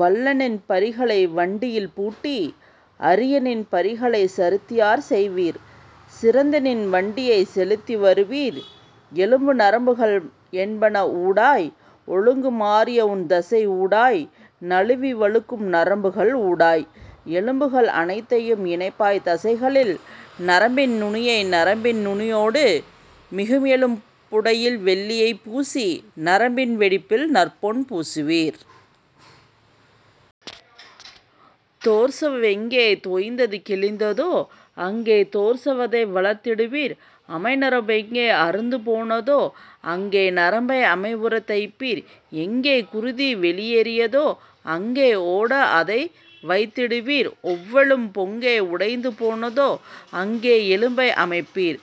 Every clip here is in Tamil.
வல்லநின் பரிகளை வண்டியில் பூட்டி அரியநின் பரிகளை சரித்தயார் செய்வீர் சிறந்தநின் வண்டியைச் செலுத்தி வருவீர் எலும்பு நரம்புகள் என்பன ஊடாய் ஒழுங்கு மாறிய ஊன்தசை ஊடாய் நழுவி வழுக்கும் நரம்புகள் ஊடாய்; எலும்புகள் அனைத்தையும் இணைப்பாய் தசைகளில் நரம்பின் நுனியை நரம்பின் நுனியொடு மிகும்எலும் புடைவில் வெள்ளியைப் பூசி நரம்பின் வெடிப்பில் நற்பொன் பூசுவீர். தோற்சவ் வெங்கே தொய்நது கிழிந்ததோ அங்கே தோற்சவ் வதைவளர்த் திடுவீர் அமைநரம் பெங்கே அறுந்து போனதோ அங்கே நரம்பை அமைவுறத் தைப்பீர் எங்கே குருதி வெளியே றியதோ அங்கே ஓட அதைவைத் திடுவீர் ஒள்ளெலும் பெங்கே உடைந்து போனதோ அங்கே எலும்பை அமைப்பீர்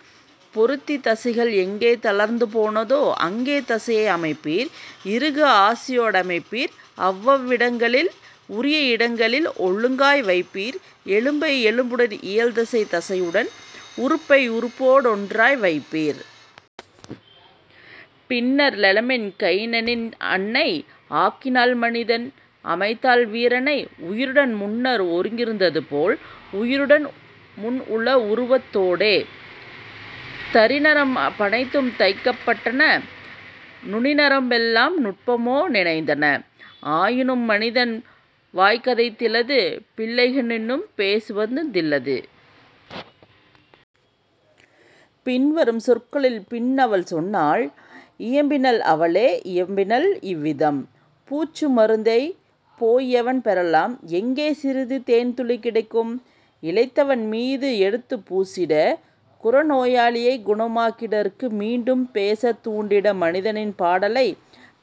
பொருத்தி தசைகள் எங்கே தளர்ந்து போனதோ அங்கே தசையை அமைப்பீர் இறுக ஆசியோ டமைப்பீர் அவ்வவ் விடங்களில் உரிய இடங்களில் ஒழுங்காய் வைப்பீர் எலும்பை எலும்புடன் இயல்தசை தசையுடன் உறுப்பை உறுப்போ டொன்றாய் வைப்பீர். " பின்னர் லெம்மின் கைனனின் அன்னை ஆக்கினள் மனிதனை அமைத்தாள் வீரனை உயிருடன் முன்னர் ஒருங்கிருந் ததுபோல உயிருடன் முன்உள உருவத் தோடே. தரிநரம் பனைத்தும் தைக்கப் பட்டன நுனிநரம் பெல்லாம் நுட்பமோ டிணைந்தன ஆயினும் மனிதன் வாய்கதைத் திலது பிள்ளைக் கின்னும் பேச்சுவந் திலது. பின்வரும் சொற்களில் பின்அவள் சொன்னாள் இயம்பினள் அவளே இயம்பினள் இவ்விதம்: "பூச்சு மருந்தைப் போய்எவண் பெறலாம் எங்கே சிறிது தேன்துளி கிடைக்கும் இளைத்தவன் மீது எடுத்துப் பூசிட குறைநோ யாளியைக் குணமாக் கிடற்கு மீண்டும் பேசத் தூண்டிட மனிதனை பாடலை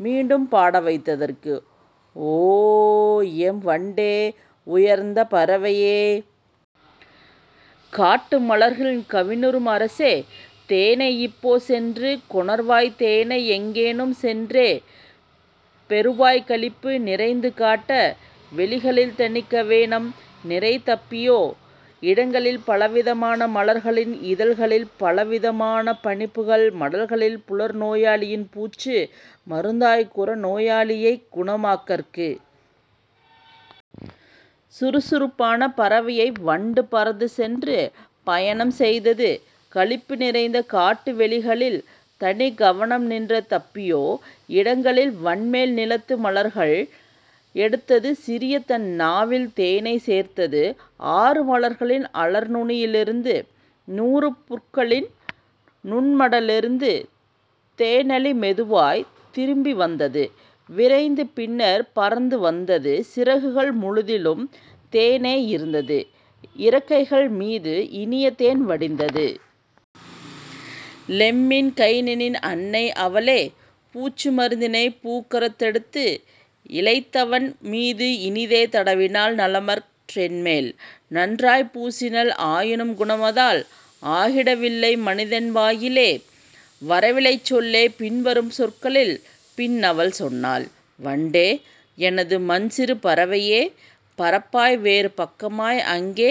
மீண்டும் பாடவைத் தற்கு? ஓ, எம் வண்டே, உயர்ந்த பறவையே! காட்டு மலர்களின் கவினுறும் அரசே! தேனை இப்போ சென்றே கொணர்வாய் தேனைஎங் கேனும் சென்றே பெறுவாய் களிப்பு நிறைந்த காட்டு வெளிகளில் தனிக்கவ னம்நிறை தப்பியோ இடங்களில் பலவிதமான மலர்களின் இதழ்களில் பலவித மான பனிப்புல் மடல்களில் புலர்நோ யாளியின் பூச்சு மருந்தாய் குறைநோ யாளியைக் குணமாக் கற்கு. " சுறுசுறுப் பான பறவையவ் வண்டு பறந்து சென்று பயணம் செய்தது களிப்பு நிறைந்த காட்டு வெளிகளில் தனிக்கவ னம்நிறை தப்பியோ இடங்களில் வன்மேல் நிலத்து மலர்களில் எடுத்தது சிறியதன் நாவில் தேனைச் சேர்த்தது ஆறு மலர்களின் அலர்நுனி யிருந்து நூறு புற்களின் நுண்மட லிருந்து; தேனளி மெதுவாய்த் திரும்பி வந்தது விரைந்து பின்னர் பறந்து வந்தது சிறகுகள் முழுதிலும் தேனே இருந்தது இறக்கைகள் மீது இனியதேன் வடிந்தது. லெம்மின் கைனனின் அன்னை அவளே பூச்சு மருந்தினைப் பூக்கரத் தெடுத்து இளைத்தவன் மீது இனிதே தடவினள் நலமற் றோன்மேல் நன்றாய்ப் பூசினள்; ஆயினும் குணமதால் ஆகிட வில்லை மனிதன் வாயிலே வரவிலைச் சொல்லே. பின்வரும் சொற்களில் பின்அவள் சொன்னாள்! "வண்டே, எனது மன்சிறு பறவையே! பறப்பாய் வேறு பக்கமாய் அங்கே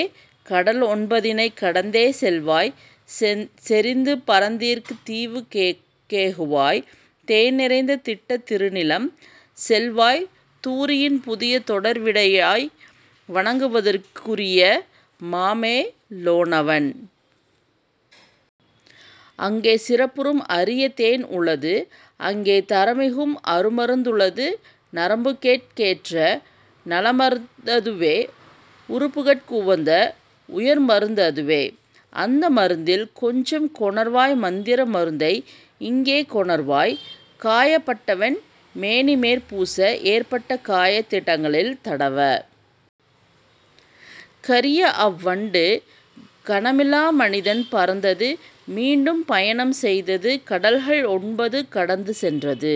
கடல்ஒன் பதினைக் கடந்தே செல்வாய் செறிந்து பரந்தநீர்த் தீவுக் கேகுவாய் தேன்நிறைந் திட்ட திருநிலம் செல்வாய் தூரியின் புதிய தொடர்வீ டடைவாய் வணங்குதற் குரிய மாமே லோனவன். அங்கே சிறப்புறும் அரியதேன் உளது அங்கே தரமிகும் அருமருந் துளது நரம்புகட் கேற்ற நல்மருந் ததுவே உறுப்புகட் குவந்த உயர்மருந் ததுவே; அந்த மருந்தில் கொஞ்சம் கொணர்வாய் மந்திர மருந்தை இங்கே கொணர்வாய் காயப் பட்டவன் மேனிமேற் பூச ஏற்பட்ட காயத் திடங்களில் தடவ. " கரியஅவ் வண்டு கனமிலா மனிதன் பறந்தது மீண்டும் பயணம் செய்தது கடல்கள் ஒன்பது கடந்து சென்றது